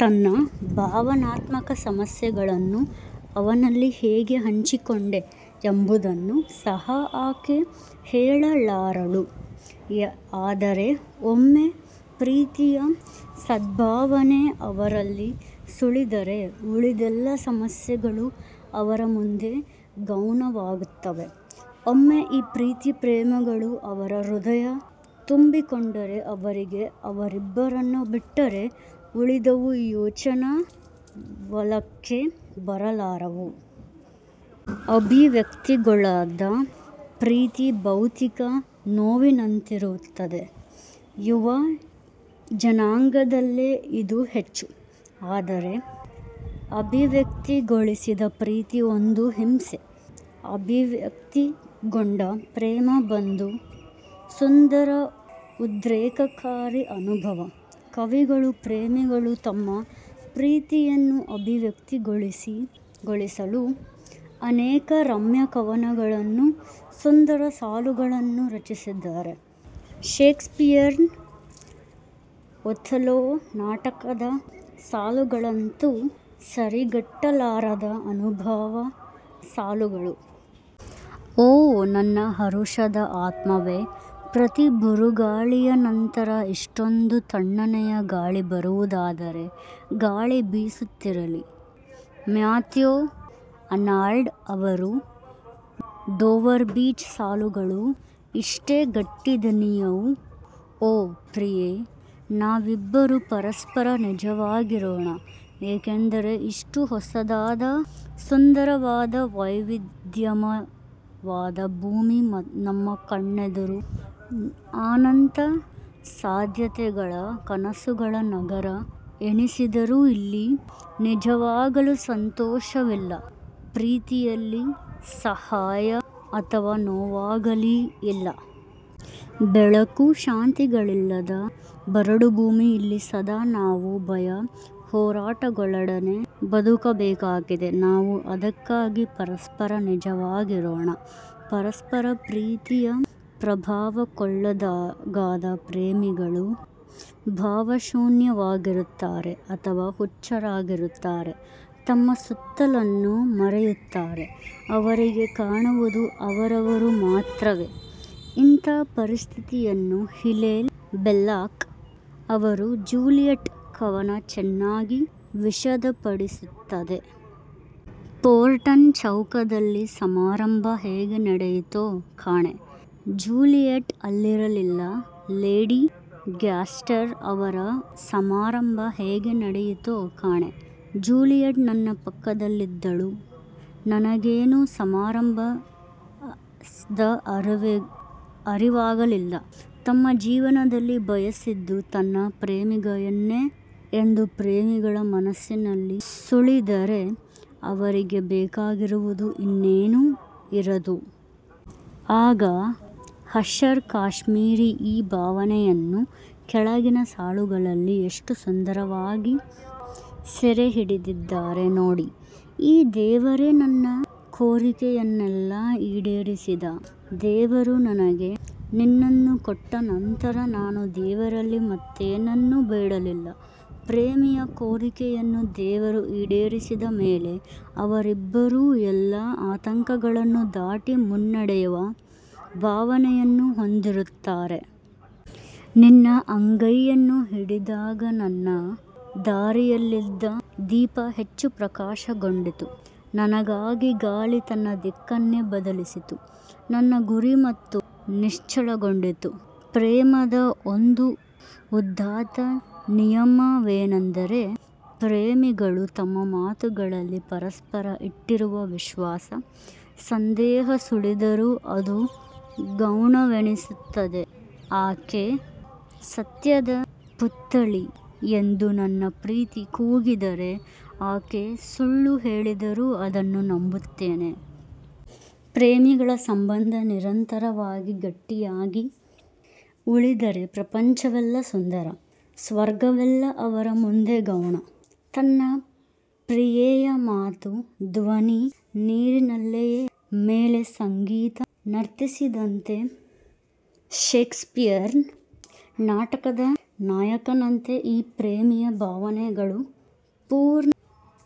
ತನ್ನ ಭಾವನಾತ್ಮಕ ಸಮಸ್ಯೆಗಳನ್ನು ಅವನಲ್ಲಿ ಹೇಗೆ ಹಂಚಿಕೊಂಡೆ ಎಂಬುದನ್ನು ಸಹ ಆಕೆ ಹೇಳಲಾರಳು. ಆದರೆ ಒಮ್ಮೆ ಪ್ರೀತಿಯ ಸದ್ಭಾವನೆ ಅವರಲ್ಲಿ ಸುಳಿದರೆ ಉಳಿದೆಲ್ಲ ಸಮಸ್ಯೆಗಳು ಅವರ ಮುಂದೆ ಗೌಣವಾಗುತ್ತವೆ. ಒಮ್ಮೆ ಈ ಪ್ರೀತಿ ಪ್ರೇಮಗಳು ಅವರ ಹೃದಯ ತುಂಬಿಕೊಂಡರೆ ಅವರಿಗೆ ಅವರಿಬ್ಬರನ್ನು ಬಿಟ್ಟರೆ ಉಳಿದವು ಯೋಚನಾ ವಲಕ್ಕೆ ಬರಲಾರವು. ಅಭಿವ್ಯಕ್ತಿಗೊಳ್ಳದ ಪ್ರೀತಿ ಭೌತಿಕ ನೋವಿನಂತಿರುತ್ತದೆ. ಯುವ ಜನಾಂಗದಲ್ಲೇ ಇದು ಹೆಚ್ಚು. ಆದರೆ ಅಭಿವ್ಯಕ್ತಿಗೊಳಿಸದ ಪ್ರೀತಿ ಒಂದು ಹಿಂಸೆ. ಅಭಿವ್ಯಕ್ತಿಗೊಂಡ ಪ್ರೇಮ ಒಂದು ಸುಂದರ ಉದ್ರೇಕಕಾರಿ ಅನುಭವ. ಕವಿಗಳು ಪ್ರೇಮಿಗಳು ತಮ್ಮ ಪ್ರೀತಿಯನ್ನು ಅಭಿವ್ಯಕ್ತಿಗೊಳಿಸಲು ಅನೇಕ ರಮ್ಯ ಕವನಗಳನ್ನು, ಸುಂದರ ಸಾಲುಗಳನ್ನು ರಚಿಸಿದ್ದಾರೆ. ಷೇಕ್ಸ್ಪಿಯರ್ನ ಒಥೆಲೋ ನಾಟಕದ ಸಾಲುಗಳಂತೂ ಸರಿಗಟ್ಟಲಾರದ ಅನುಭಾವ ಸಾಲುಗಳು. ಓ ನನ್ನ ಹರುಷದ ಆತ್ಮವೇ! ಪ್ರತಿ ಬಿರುಗಾಳಿಯ ನಂತರ ಇಷ್ಟೊಂದು ತಣ್ಣನೆಯ ಗಾಳಿ ಬರುವುದಾದರೆ, ಗಾಳಿ ಬೀಸುತ್ತಿರಲಿ. ಮ್ಯಾಥ್ಯೂ ಆರ್ನಾಲ್ಡ್ ಅವರ ಡೋವರ್ ಬೀಚ್ ಸಾಲುಗಳೂ ಇಷ್ಟೇ ಗಟ್ಟಿ ದನಿಯವು. ಓ, ಪ್ರಿಯೆ. ನಾವಿಬ್ಬರೂ ಪರಸ್ಪರ ನಿಜವಾಗಿರೋಣ. ಏಕೆಂದರೆ ಇಷ್ಟು ಹೊಸದಾದ, ಸುಂದರವಾದ ವೈವಿಧ್ಯಮಯವಾದ ಭೂಮಿ ನಮ್ಮ ಕಣ್ಣೆದುರು ಅನಂತ ಸಾಧ್ಯತೆಗಳ ಕನಸುಗಳ ನಗರ ಎನಿಸಿದರೂ ಇಲ್ಲಿ, ನಿಜವಾಗಲೂ ಸಂತೋಷವಿಲ್ಲ, ಪ್ರೀತಿಯಿಲ್ಲ ಸಹಾಯ ಅಥವಾ ನೋವಾಗಲೀ ಇಲ್ಲ. ಬೆಳಕು ಶಾಂತಿಗಳಿಲ್ಲದ ಬರಡು ಭೂಮಿ ಇಲ್ಲಿ ಸದಾ ನಾವು ಭಯ, ಹೋರಾಟಗಳೊಡನೆ ಬದುಕಬೇಕಾಗಿದೆ ನಾವು ಅದಕ್ಕಾಗಿ ಪರಸ್ಪರ ನಿಜವಾಗಿರೋಣ. ಪರಸ್ಪರ ಪ್ರೀತಿಯ ಪ್ರಭಾವಕ್ಕೊಳಗಾದ ಪ್ರೇಮಿಗಳು ಭಾವಶೂನ್ಯವಾಗಿರುತ್ತಾರೆ. ಅಥವಾ ಹುಚ್ಚರಾಗಿರುತ್ತಾರೆ. ತಮ್ಮ ಸುತ್ತಲನ್ನು ಮರೆಯುತ್ತಾರೆ. ಅವರಿಗೆ ಕಾಣುವುದು ಅವರವರು ಮಾತ್ರವೇ. ಇಂಥ ಪರಿಸ್ಥಿತಿಯನ್ನು ಹಿಲೇಲ್ ಬೆಲ್ಲಾಕ್ ಅವರ 'ಜೂಲಿಯಟ್' ಕವನ ಚೆನ್ನಾಗಿ ವಿಷದಪಡಿಸುತ್ತದೆ. ಪೊರ್ಟ್ಮನ್ ಚೌಕದಲ್ಲಿ ಸಮಾರಂಭ ಹೇಗೆ ನಡೆಯಿತೋ ಕಾಣೆ? ಜೂಲಿಯೆಟ್ ಅಲ್ಲಿರಲಿಲ್ಲ ಲೇಡಿ ಗ್ಯಾಸ್ಟರ್ ಅವರ ಸಮಾರಂಭ ಹೇಗೆ ನಡೆಯಿತೋ ಕಾಣೆ. ಜೂಲಿಯೆಟ್ ನನ್ನ ಪಕ್ಕದಲ್ಲಿದ್ದಳು ನನಗೇನು ಸಮಾರಂಭದ ಅರಿವಾಗಲಿಲ್ಲ. ತಮ್ಮ ಜೀವನದಲ್ಲಿ ಬಯಸಿದ್ದು ತನ್ನ ಪ್ರೇಮಿಯನ್ನೇ ಎಂದು ಪ್ರೇಮಿಗಳ ಮನಸ್ಸಿನಲ್ಲಿ ಸುಳಿದರೆ ಅವರಿಗೆ ಬೇಕಾಗಿರುವುದು ಇನ್ನೇನೂ ಇರದು. ಆಘಾ ಹಷರ್ ಕಾಶ್ಮೀರಿ ಈ ಭಾವನೆಯನ್ನು ಕೆಳಗಿನ ಸಾಲುಗಳಲ್ಲಿ ಎಷ್ಟು ಸುಂದರವಾಗಿ ಸೆರೆಹಿಡಿದಿದ್ದಾರೆ ನೋಡಿ. ಆ ದೇವರೇ ನನ್ನ ಕೋರಿಕೆಯನ್ನೆಲ್ಲಾ ಈಡೇರಿಸಿದ. ದೇವರು ನನಗೆ ನಿನ್ನನ್ನು ಕೊಟ್ಟ ನಂತರ ನಾನು ದೇವರಲ್ಲಿ ಮತ್ತೇನನ್ನೂ ಬೇಡಲಿಲ್ಲ. ಪ್ರೇಮಿಯ ಕೋರಿಕೆಯನ್ನು ದೇವರು ಈಡೇರಿಸಿದ ಮೇಲೆ ಅವರಿಬ್ಬರೂ ಎಲ್ಲಾ ಆತಂಕಗಳನ್ನು ದಾಟಿ ಮುನ್ನಡೆವ ಭಾವನೆಯನ್ನು ಹೊಂದಿರುತ್ತಾರೆ. ನಿನ್ನ ಅಂಗೈಯನ್ನು ಹಿಡಿದಾಗನನ್ನ ದಾರಿಯಲ್ಲಿದ್ದ ದೀಪ ಹೆಚ್ಚು ಪ್ರಕಾಶಗೊಂಡಿತು. ನನಗಾಗಿ ಗಾಳಿ ತನ್ನ ದಿಕ್ಕನ್ನೇ ಬದಲಿಸಿತು. ನನ್ನ ಗುರಿ ಮತ್ತೂ ನಿಚ್ಚಳಗೊಂಡಿತು. ಪ್ರೇಮದ ಒಂದು ಉದಾತ್ತ ನಿಯಮವೆಂದರೆ ಪ್ರೇಮಿಗಳು ತಮ್ಮ ಮಾತುಗಳಲ್ಲಿ ಪರಸ್ಪರ ಇಟ್ಟಿರುವ ವಿಶ್ವಾಸ. ಸಂದೇಹ ಸುಳಿದರೂ ಅದು ಗೌಣವೆನಿಸುತ್ತದೆ. ಆಕೆ ಸತ್ಯದ ಪುತ್ಥಳಿ ಎಂದು ನನ್ನ ಪ್ರೀತಿ ಕೂಗಿದರೆ ಆಕೆ ಸುಳ್ಳು ಹೇಳಿದರೂ ಅದನ್ನು ನಂಬುತ್ತೇನೆ. ಪ್ರೇಮಿಗಳ ಸಂಬಂಧ ನಿರಂತರವಾಗಿ ಗಟ್ಟಿಯಾಗೇ ಉಳಿದರೆ ಪ್ರಪಂಚವೆಲ್ಲಾ ಸುಂದರ. ಸ್ವರ್ಗವೆಲ್ಲ ಅವರ ಮುಂದೆ ಗೌಣ. ತನ್ನ ಪ್ರಿಯೆಯ ಮಾತು, ಧ್ವನಿ ನೀರಿನಲೆಯ ಮೇಲೆ ಸಂಗೀತ ನರ್ತಿಸಿದಂತೆ ಷೇಕ್ಸ್ಪಿಯರ್ನ ನಾಟಕದ ನಾಯಕನಂತೆ ಈ ಪ್ರೇಮಿಯ ಭಾವನೆಗಳು. ಪೂರ್ಣ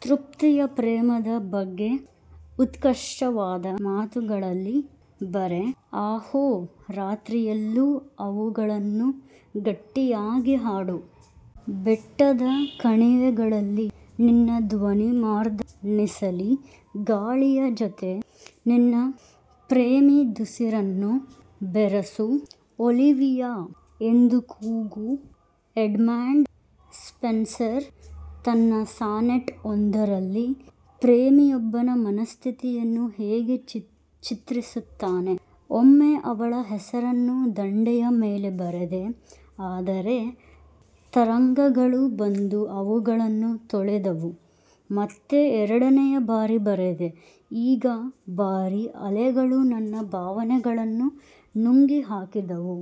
ತೃಪ್ತಿಯ ಪ್ರೇಮದ ಬಗ್ಗೆಉತ್ಕೃಷ್ಟವಾದ ಮಾತುಗಳಲ್ಲಿ ಬರೆ. ಆಹೋ ರಾತ್ರಿಯಲ್ಲೂ ಅವುಗಳನ್ನು ಗಟ್ಟಿಯಾಗಿ ಹಾಡು. ಬೆಟ್ಟದ ಕಣಿವೆಗಳಲ್ಲಿ ನಿನ್ನ ಧ್ವನಿಮಾರ್ದನಿಸಲಿ ಗಾಳಿಯ ಜತೆ ನಿನ್ನ ಪ್ರೇಮಿದುಸಿರನ್ನು ಬೆರಸು 'ಒಲಿವಿಯಾ' ಎಂದು ಕೂಗು ಎಡ್ಮಂಡ್ ಸ್ಪೆನ್ಸರ್ ತನ್ನ ಸಾನೆಟ್ ಒಂದರಲ್ಲಿ ಪ್ರೇಮಿಯೊಬ್ಬನ ಮನಸ್ಥಿತಿಯನ್ನು ಹೀಗೆ ಚಿತ್ರಿಸುತ್ತಾನೆ. ಒಮ್ಮೆಅವಳ ಹೆಸರನ್ನು ದಂಡೆಯ ಮೇಲೆ ಬರೆದೆ. ಆದರೆ ತರಂಗಗಳು ಬಂದು ಅವುಗಳನ್ನು ತೊಳೆದವು. ಮತ್ತೆ ಎರಡನೆಯ ಬಾರಿ ಬರೆದೆ. ಈಗ ಭಾರಿ ಅಲೆಗಳು ನನ್ನ ಭಾವನೆಗಳನ್ನು ನುಂಗಿ ಹಾಕಿದವು.